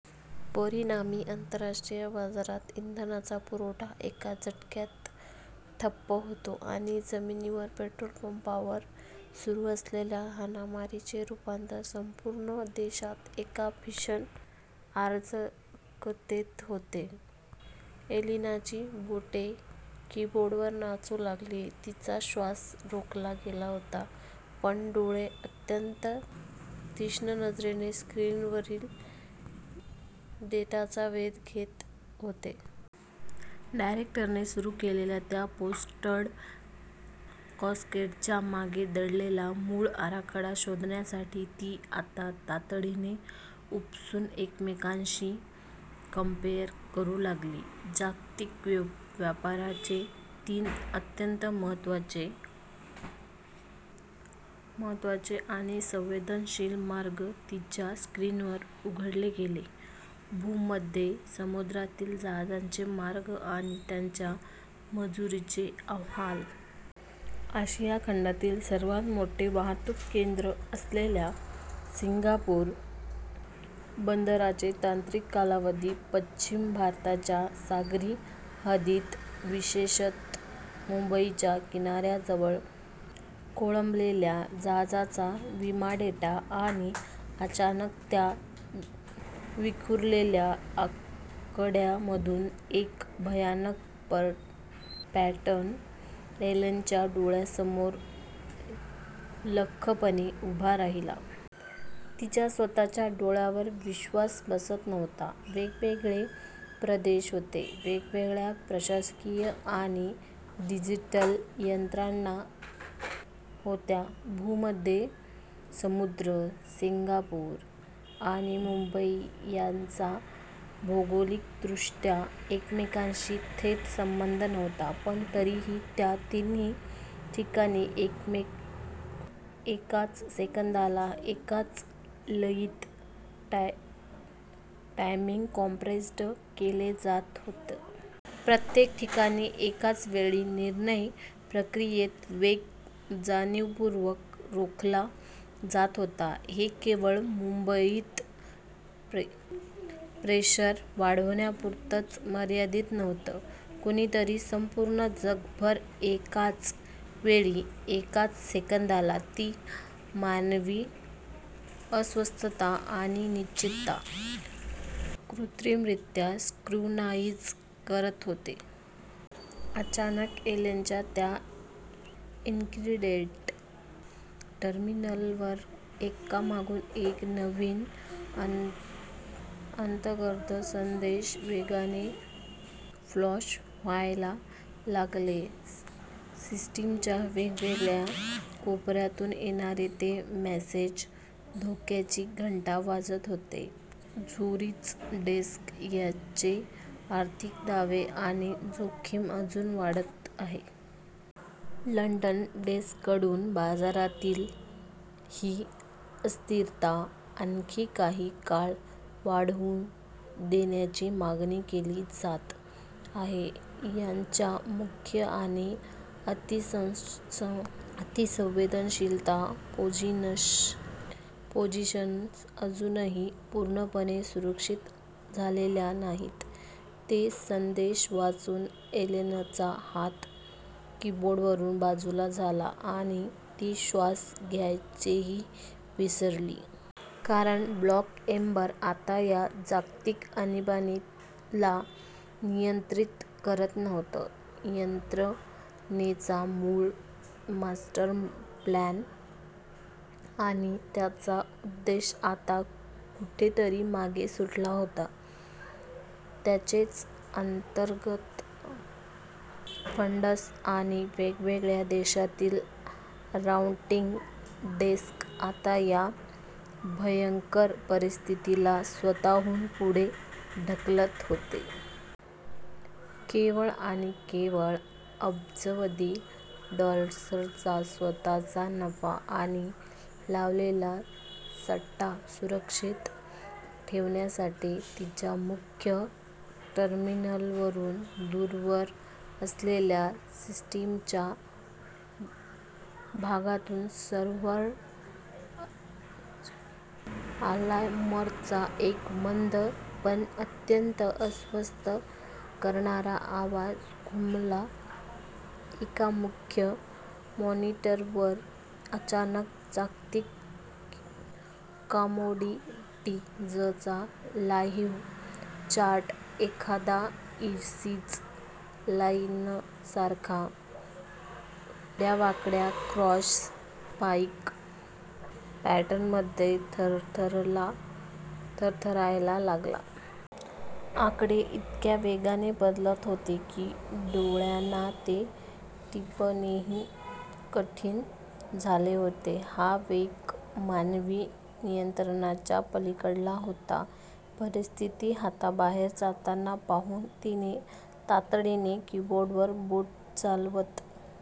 परिणामी, आंतरराष्ट्रीय बाजारात इंधनाचा पुरवठा एका झटक्यात ठप्प होतो आणि जमिनीवर पेट्रोल पंपांवर सुरू असलेल्या हाणामारीचे रूपांतर संपूर्ण देशात एका भीषण अराजकतेत होते. एलेनाची बोटे कीबोर्डवर नाचू लागली. तिचा श्वास रोखला गेला होता, पण डोळे अत्यंत तीक्ष्ण नजरेने स्क्रीनवरील डेटाचा वेध घेत होते. डायरेक्टरने सुरू केलेल्या त्या 'फोर्स्ड कॅस्केड'च्या मागे दडलेला मूळ आराखडा शोधण्यासाठी ती आता तातडीने उपसून एकमेकांशी कंपेअर करू लागली. जागतिक व्यापाराचे तीन अत्यंत महत्त्वाचे आणि संवेदनशील मार्ग तिच्या स्क्रीनवर उघडले गेले. भूमध्य समुद्रातील जहाजांचे मार्ग आणि त्यांच्या मंजुरीचे अहवाल. आशिया खंडातील सर्वात मोठे वाहतूक केंद्र असलेल्या सिंगापूर बंदराचे तांत्रिक कालावधी. पश्चिम भारताच्या सागरी हद्दीत, विशेषतः मुंबईच्या किनाऱ्याजवळ खोळंबलेल्या जहाजांचा विमा डेटा आणि अचानक त्या विखुरलेल्या आकड्यांमधून एक भयानक पॅटर्न एलेनाच्या डोळ्यांसमोर लख्खपणे उभा राहिला. तिचा स्वतःच्या डोळ्यांवर विश्वास बसत नव्हता. वेगवेगळे प्रदेश होते. वेगवेगळ्या प्रशासकीय आणि डिजिटल यंत्रणा होत्या. भूमध्य समुद्र, सिंगापूर आणि मुंबई यांचा भौगोलिक दृष्ट्या एकमेकांशी थेट संबंध नव्हता पण तरीही, या तिन्ही ठिकाणी एकाच सेकंदाला, एकाच लयीत 'टायमिंग कॉम्प्रेस्ड' केलं जात होतं. प्रत्येक ठिकाणी एकाच वेळी निर्णय प्रक्रियेचा वेग जाणीवपूर्वक रोखला जात होता. हे केवळ मुंबईत प्रेशर वाढवण्यापुरतं मर्यादित नव्हतं. कुणीतरी संपूर्ण जगभर, एकाच वेळी, एकाच सेकंदाला ती मानवी अस्वस्थता आणि अनिश्चितता कृत्रिमरित्या सिंक्रोनाईज करत होतं. अचानक एलेनाच्या त्या एन्क्रिप्टेड टर्मिनलवर एकामागून एक नवीन अंतर्गत संदेश वेगाने फ्लॅश व्हायला लागले. सिस्टीमच्या वेगवेगळ्या कोपऱ्यांतून येणारे ते मेसेज धोक्याची घंटा वाजवत होते. झुरिच डेस्क त्यांचे आर्थिक दावे आणि जोखीम अजून वाढवत आहे. लंडन डेस्ककडून बाजारातील ही अस्थिरता आणखी काही काळ वाढवून देण्याची मागणी केली जात आहे. त्यांच्या मुख्य आणि अतिसंवेदनशील पोझिशन्स अजूनही पूर्णपणे सुरक्षित झालेल्या नाहीत. ते संदेश वाचून एलेनाचा हात कीबोर्डवरून बाजूला झाला आणि ती श्वास घ्यायचेही विसरली. कारण 'ब्लॅक एम्बर' आता या जागतिक आणीबाणीला नियंत्रित करत नव्हतं. यंत्रणेचा मूळ मास्टरप्लॅन आणि त्याचा उद्देश आता कुठेतरी मागे सुटला होता. त्यांचेच अंतर्गत फंड्स आणि वेगवेगळ्या देशांतील राउटिंग डेस्क आता या भयंकर परिस्थितीला स्वतःहून पुढे ढकलत होते. केवळ आणि केवळ अब्जावधी डॉलर्सचा स्वतःचा नफा आणि लावलेला सट्टा सुरक्षित ठेवण्यासाठी. तिच्या मुख्य टर्मिनलवरून दूरवर असलेल्या सिस्टीमच्या गाभ्यातून सर्व्हर अलार्मचा एक मंद, पण अत्यंत अस्वस्थ करणारा आवाज घुमला. एका मुख्य मॉनिटरवर अचानक जागतिक कमोडिटीजचा लाईव्ह चार्ट एखाद्या ईसीजी लाईन्ससारखा वेड्यावाकड्या क्रॅश स्पाइक पॅटर्नमध्ये थरथरायला लागला. आकडे इतक्या वेगाने बदलत होते की डोळ्यांना ते टिपणेही कठीण झाले होते. हा वेग मानवी नियंत्रणाच्या पलीकडला होता. परिस्थिती हाताबाहेर जाताना पाहून तिने तातडीने कीबोर्डवर बोटे चालवत